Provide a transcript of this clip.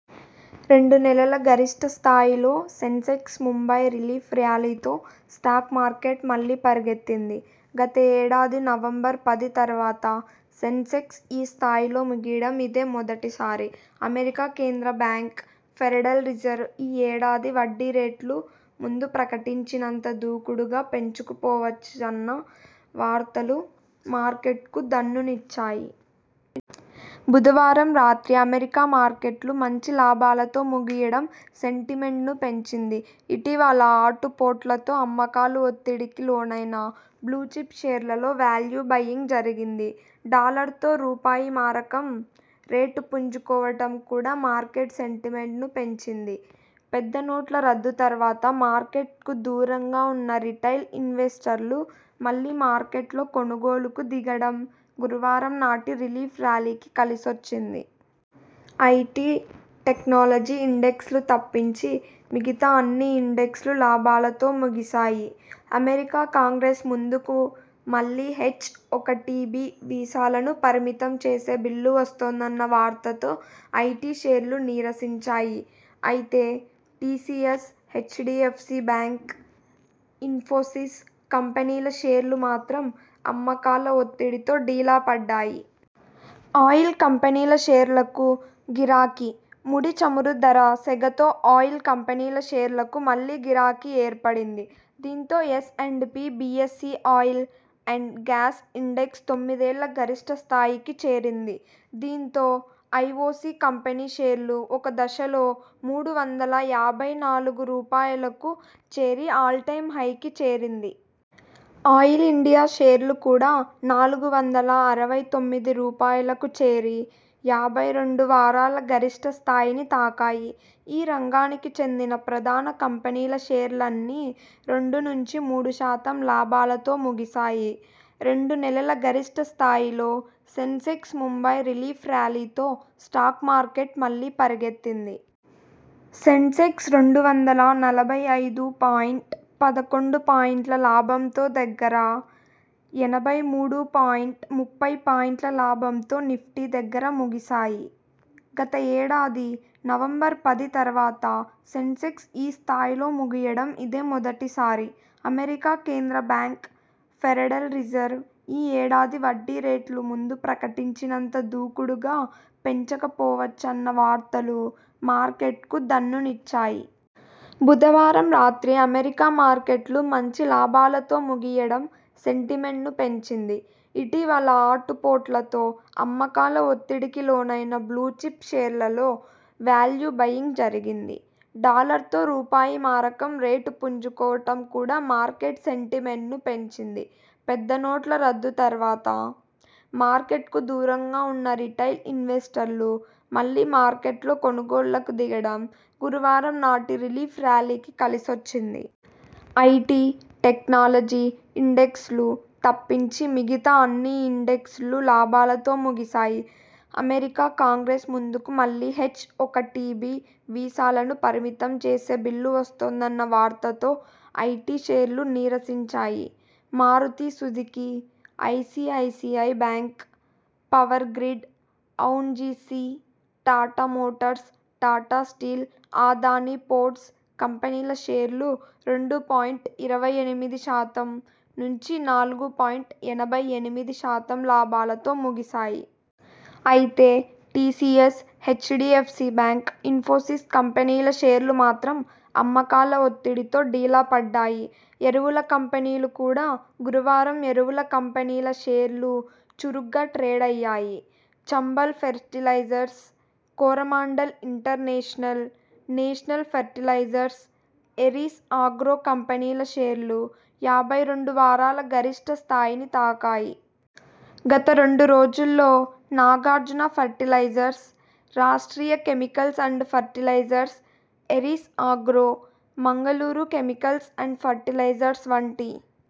రెండు నెలల గరిష్ఠ స్థాయిలో సెన్సెక్స్ ముంబై రిలీఫ్ ర్యాలీతో స్టాక్ మార్కెట్ మళ్లీ పరిగెత్తింది. గత ఏడాది నవంబర్ పది తర్వాత సెన్సెక్స్ ఈ స్థాయిలో ముగియడం ఇదే మొదటిసారి. అమెరికా కేంద్ర బ్యాంక్ 'ఫెడరల్ రిజర్వ్' ఈ ఏడాది వడ్డీ రేట్లు ముందు ప్రకటించినంత దూకుడుగా పెంచుకుపోవచ్చన్న వార్తలు మార్కెట్కు దన్నునిచ్చాయి. బుధవారం రాత్రి అమెరికా మార్కెట్లు మంచి లాభాలతో ముగియడం సెంటిమెంట్ను పెంచింది. ఇటీవల ఆటుపోట్లతో అమ్మకాలు ఒత్తిడికి లోనైన బ్లూచిప్ షేర్లలో వాల్యూ బైయింగ్ జరిగింది. డాలర్తో రూపాయి మారకం రేటు పుంజుకోవడం కూడా మార్కెట్ సెంటిమెంట్ను పెంచింది. పెద్ద నోట్ల రద్దు తర్వాత మార్కెట్కు దూరంగా ఉన్న రిటైల్ ఇన్వెస్టర్లు మళ్లీ మార్కెట్లో కొనుగోలుకు దిగడం గురువారం నాటి రిలీఫ్ ర్యాలీకి కలిసొచ్చింది. ఐటి, టెక్నాలజీ ఇండెక్స్లు తప్పించి మిగతా అన్ని ఇండెక్స్లు లాభాలతో ముగిశాయి. అమెరికా కాంగ్రెస్ ముందుకు మళ్లీ హెచ్-ఒకటిబి వీసాలను పరిమితం చేసే బిల్లు వస్తోందన్న వార్తతో ఐటి షేర్లు నీరసించాయి. అయితే టిసిఎస్, హెచ్డిఎఫ్సి బ్యాంక్, ఇన్ఫోసిస్ కంపెనీల షేర్లు మాత్రం అమ్మకాల ఒత్తిడితో డీలా పడ్డాయి. ఆయిల్ కంపెనీల షేర్లకు గిరాకీ ముడి చమురు ధర సెగతో ఆయిల్ కంపెనీల షేర్లకు మళ్లీ గిరాకీ ఏర్పడింది. దీంతో S and P BSE Oil and Gas Index తొమ్మిదేళ్ల గరిష్ఠ స్థాయికి చేరింది. దీంతో ఐఒసి కంపెనీ షేర్లు ఒక దశలో మూడు వందల యాభై నాలుగు రూపాయలకు చేరి ఆల్ టైమ్ హైకి చేరింది. ఆయిల్ ఇండియా షేర్లు కూడా నాలుగు వందల అరవై తొమ్మిది రూపాయలకు చేరి యాభై రెండు వారాల గరిష్ఠ స్థాయిని తాకాయి. ఈ రంగానికి చెందిన ప్రధాన కంపెనీల షేర్లన్నీ రెండు నుంచి మూడు శాతం లాభాలతో ముగిశాయి. రెండు నెలల గరిష్ఠ స్థాయిలో సెన్సెక్స్ ముంబై రిలీఫ్ ర్యాలీతో స్టాక్ మార్కెట్ మళ్లీ పరిగెత్తింది. సెన్సెక్స్ రెండు వందల నలభై ఐదు పాయింట్ పదకొండు పాయింట్ల లాభంతో దగ్గర, ఎనభై మూడు పాయింట్ ముప్పై పాయింట్ల లాభంతో నిఫ్టీ దగ్గర ముగిశాయి. గత ఏడాది నవంబర్ పది తర్వాత సెన్సెక్స్ ఈ స్థాయిలో ముగియడం ఇదే మొదటిసారి. అమెరికా కేంద్ర బ్యాంక్ 'ఫెరడల్ రిజర్వ్' ఈ ఏడాది వడ్డీ రేట్లు ముందు ప్రకటించినంత దూకుడుగా పెంచకపోవచ్చన్న వార్తలు మార్కెట్కు దన్నునిచ్చాయి. బుధవారం రాత్రి అమెరికా మార్కెట్లు మంచి లాభాలతో ముగియడం సెంటిమెంట్ను పెంచింది. ఇటీవల ఆటుపోట్లతో అమ్మకాల ఒత్తిడికి లోనైన బ్లూచిప్ షేర్లలో వాల్యూ బైయింగ్ జరిగింది. డాలర్తో రూపాయి మారకం రేటు పుంజుకోవటం కూడా మార్కెట్ సెంటిమెంట్ను పెంచింది. పెద్ద నోట్ల రద్దు తర్వాత మార్కెట్కు దూరంగా ఉన్న రిటైల్ ఇన్వెస్టర్లు మళ్లీ మార్కెట్లో కొనుగోళ్లకు దిగడం గురువారం నాటి రిలీఫ్ ర్యాలీకి కలిసొచ్చింది. ఐటి, టెక్నాలజీ ఇండెక్స్లు తప్పించి మిగతా అన్ని ఇండెక్స్లు లాభాలతో ముగిశాయి. అమెరికా కాంగ్రెస్ ముందుకు మళ్లీ హెచ్-ఒకటిబి వీసాలను పరిమితం చేసే బిల్లు వస్తోందన్న వార్తతో ఐటి షేర్లు నీరసించాయి. Maruti Suzuki, ICICI Bank, Power Grid, ONGC, Tata Motors, Tata Steel, Adani Ports కంపెనీల షేర్లు రెండు పాయింట్ ఇరవై ఎనిమిది శాతం నుంచి నాలుగు పాయింట్ ఎనభై ఎనిమిది శాతం లాభాలతో ముగిశాయి. అయితే టిసిఎస్, హెచ్డిఎఫ్సి బ్యాంక్, ఇన్ఫోసిస్ కంపెనీల షేర్లు మాత్రం అమ్మకాల ఒత్తిడితో డీలాపడ్డాయి. ఎరువుల కంపెనీలు కూడా గురువారం ఎరువుల కంపెనీల షేర్లూ చురుగ్గా ట్రేడయ్యాయి. Chambal Fertilisers, Coromandel International, National Fertilisers, Aries Agro కంపెనీల షేర్లు యాభై రెండు వారాల గరిష్ఠ స్థాయిని తాకాయి. గత రెండు రోజుల్లో Nagarjuna Fertilisers, Rashtriya Chemicals and Fertilisers, Aries Agro, Mangaluru Chemicals and Fertilisers వంటి